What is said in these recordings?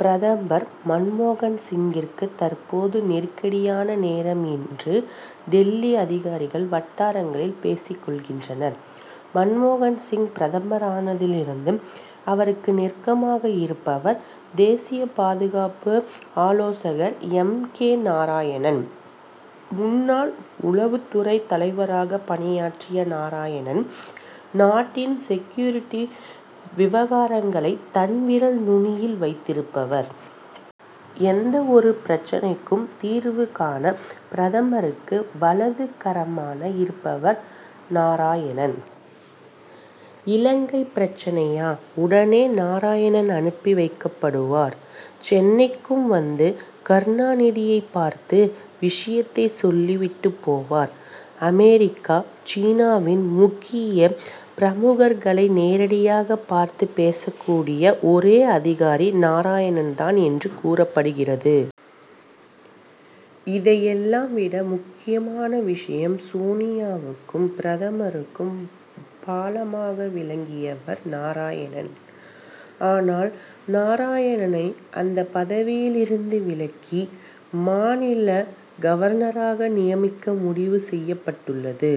பிரதமர் மன்மோகன் சிங்கிற்கு, தற்போது நெருக்கடியான நேரம் என்று, டில்லி அதிகாரிகள் வட்டாரங்களில் பேசிக் கொள்கின்றனர். மன்மோகன் சிங் பிரதமரானதிலிருந்து, அவருக்கு நெருக்கமாக இருப்பவர், தேசிய பாதுகாப்பு ஆலோசகர் எம். கே. நாராயணன். முன்னாள் உளவுத்துறை தலைவராகப் பணியாற்றிய நாராயணன், நாட்டின் செக்யூரிட்டி விவகாரங்களை, தன் விரல் நுனியில் வைத்திருப்பவர். எந்த ஒரு பிரச்னைக்கும் தீர்வு காண, பிரதமருக்கு வலது கரமாக இருப்பவர் நாராயணன். இலங்கைப் பிரச்னையா, உடனே நாராயணன் அனுப்பி வைக்கப்படுவார்; சென்னைக்கும் வந்து, கருணாநிதியைப் பார்த்து விஷயத்தைச் சொல்லிவிட்டுப் போவார். அமெரிக்கா, சீனாவின் முக்கிய பிரமுகர்களை நேரடியாகப் பார்த்து பேசக்கூடிய ஒரே அதிகாரி நாராயணன் தான் என்று கூறப்படுகிறது. இதையெல்லாம் விட முக்கியமான விஷயம், சோனியாவுக்கும், பிரதமருக்கும் பாலமாக விளங்கியவர் நாராயணன். ஆனால், நாராயணனை அந்தப் பதவியிலிருந்து விலக்கி, மாநில கவர்னராக நியமிக்க முடிவு செய்யப்பட்டுள்ளது.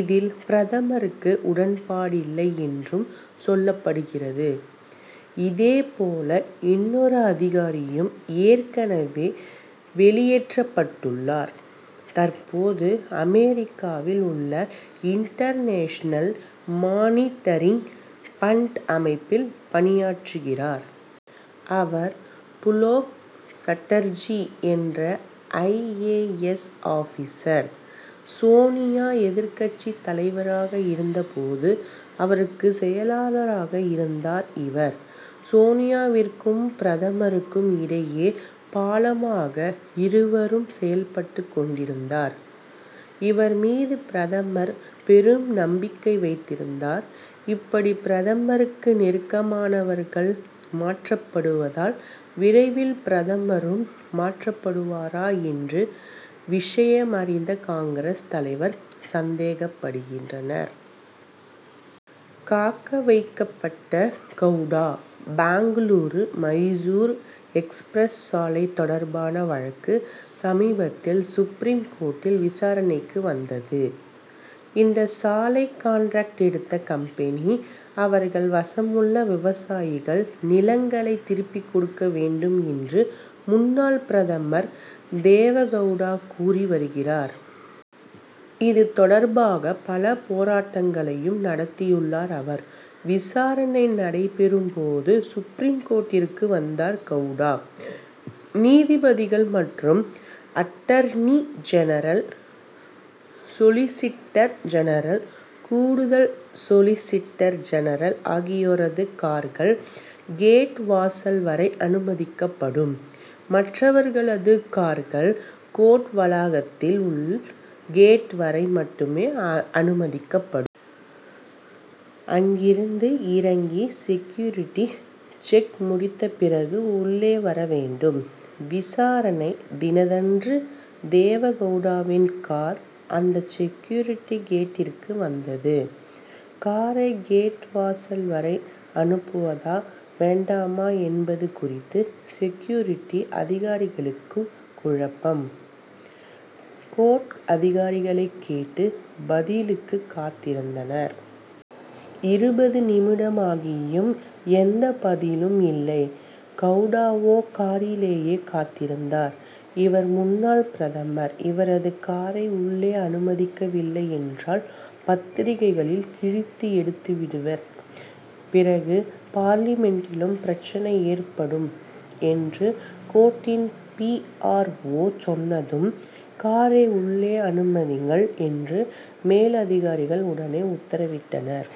இதில், பிரதமருக்கு உடன்பாடில்லை என்றும் சொல்லப்படுகிறது. இதே போல இன்னொரு அதிகாரியும், ஏற்கனவே வெளியேற்றப்பட்டுள்ளார். தற்போது, அமெரிக்காவில் உள்ள இன்டர்நேஷனல் மானிடரிங் பண்ட் அமைப்பில் பணியாற்றுகிறார். அவர், புலோக் சட்டர்ஜி என்ற I. A. S., officer. Sonia எதிர்க்கட்சி தலைவராக இருந்த போது, அவருக்கு செயலராக இருந்தார் இவர். சோனியாவிற்கும், பிரதமருக்கும் இடையே பாலமாக, இவரும் செயல்பட்டுக் கொண்டிருந்தார். இவர் மீது பிரதமர், பெரும் நம்பிக்கை வைத்திருந்தார். இப்படி, பிரதமருக்கு நெருக்கமானவர்கள் மாற்றப்படுவதால், விரைவில் பிரதமரும் மாற்றப்படுவாரா என்று, விஷயமறிந்த காங்கிரஸ் தலைவர்கள் சந்தேகப்படுகின்றனர். காக்க வைக்கப்பட்ட கவுடா பெங்களூரு மைசூரு எக்ஸ்பிரஸ் சாலை தொடர்பான வழக்கு சமீபத்தில் சுப்ரீம் கோர்ட்டில் விசாரணைக்கு வந்தது. 'இந்த சாலை கான்ட்ராக்ட் எடுத்த கம்பெனி, அவர்கள் வசமுள்ள விவசாயிகள் நிலங் களை திருப்பிக் கொடுக்க வேண்டும்' என்று முன்னாள் பிரதமர் தேவகவுடா கூறி வருகிறார். இது தொடர்பாக பல போராட்டங்களையும் நடத்தியுள்ளார் அவர். விசாரணை நடைபெறும் போது, சுப்ரீம் கோர்ட்டிற்கு வந்தார் கவுடா. நீதிபதிகள் மற்றும் அட்டர்னி ஜெனரல், சொலிசிட்டர் ஜெனரல், கூடுதல் சொலிசிட்டர் ஜெனரல் ஆகியோரது கார்கள், கோர்ட் வாசல் வரை அனுமதிக்கப்படும். மற்றவர்களது கார்கள், கோர்ட் வளாகத்தில் உள்ள கேட் வரை மட்டுமே அனுமதிக்கப்படும். அங்கிருந்து இறங்கி செக்யூரிட்டி செக் முடித்த பிறகு உள்ளே வர வேண்டும். விசாரணை தினத்தன்று, தேவகவுடாவின் கார், அந்த செக்யூரிட்டி கேட்டிற்கு வந்தது. காரை கோர்ட் வாசல் வரை அனுப்புவதா, வேண்டாமா என்பது குறித்து, செக்யூரிட்டி அதிகாரிகளுக்கு குழப்பம். கோர்ட் அதிகாரிகளைக் கேட்டு, பதிலுக்கு காத்திருந்தனர். இருபது நிமிடமாகியும் எந்த பதிலும் இல்லை. கவுடாவோ காரிலேயே காத்திருந்தார். 'இவர் முன்னாள் பிரதமர். இவரது காரை உள்ளே அனுமதிக்கவில்லையென்றால், பத்திரிகைகளில் கிழித்து எடுத்து விடுவர்; பிறகு பார்லிமென்டிலும் பிரச்னை ஏற்படும்' என்று கோர்ட்டின் பி. ஆர். ஓ., சொன்னதும், 'காரை உள்ளே அனுமதியுங்கள்' என்று மேலதிகாரிகள் உடனே உத்தரவிட்டனர்.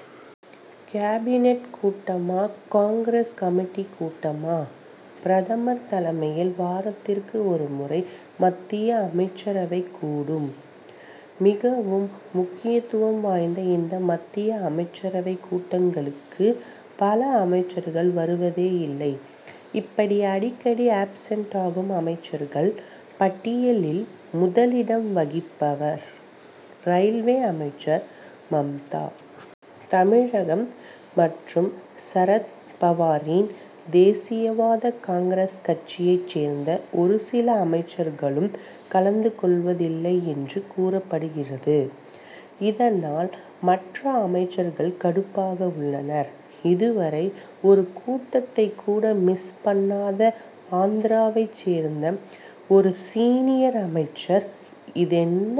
கேபினட் கூட்டமா, காங்கிரஸ் கமிட்டி கூட்டமா? பிரதமர் தலைமையில், வாரத்திற்கு ஒரு முறை மத்திய அமைச்சரவை கூடும். மிகவும் முக்கியத்துவம் வாய்ந்த இந்த மத்திய அமைச்சரவைக் கூட்டங்களுக்கு, பல அமைச்சர்கள் வருவதேயில்லை. இப்படி அடிக்கடி ஆப்சென்ட் ஆகும் அமைச்சர்கள் பட்டியலில் முதலிடம் வகிப்பவர், ரயில்வே அமைச்சர் மம்தா. தமிழகம் மற்றும் சரத் பவாரின் தேசியவாத காங்கிரஸ் கட்சியைச் சேர்ந்த ஒரு சில அமைச்சர்களும் கலந்து கொள்வதில்லை என்று கூறப்படுகிறது. இதனால், மற்ற அமைச்சர்கள் கடுப்பாக உள்ளனர். இதுவரை, ஒரு கூட்டத்தைக் கூட மிஸ் பண்ணாத ஆந்திராவைச் சேர்ந்த ஒரு சீனியர் அமைச்சர், 'இதென்ன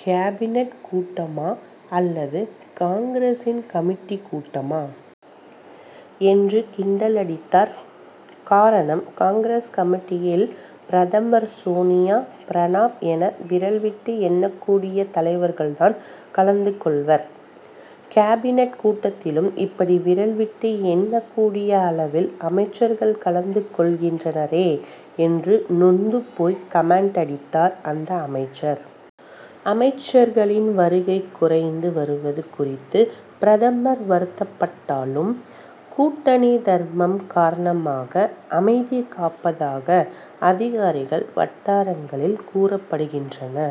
கேபினட் கூட்டமா அல்லது காங்கிரசின் கமிட்டி கூட்டமா? ' என்று கிண்டலடித்தார். காரணம், காங்கிரஸ் கமிட்டியில் பிரதமர், சோனியா, பிரணாப் என, விரல் விட்டு எண்ணக்கூடிய தலைவர்கள் தான் கலந்து கொள்வர். 'கேபினட் கூட்டத்திலும் இப்படி விரல் விட்டு எண் ணக்கூடிய அளவில் அமைச்சர்கள் கலந்து கொள்கின்றனரே' என்று நொந்து போய், 'கமென்ட்' அடித்தார் அந்த அமைச்சர். அமைச்சர்களின் வருகை குறைந்து வருவது குறித்து பிரதமர் வருத்தப்பட்டாலும், கூட்டணி தர்மம் காரணமாக அமைதி காப்பதாக, அதிகாரிகள் வட்டாரங்களில் கூறப்படுகின்றன.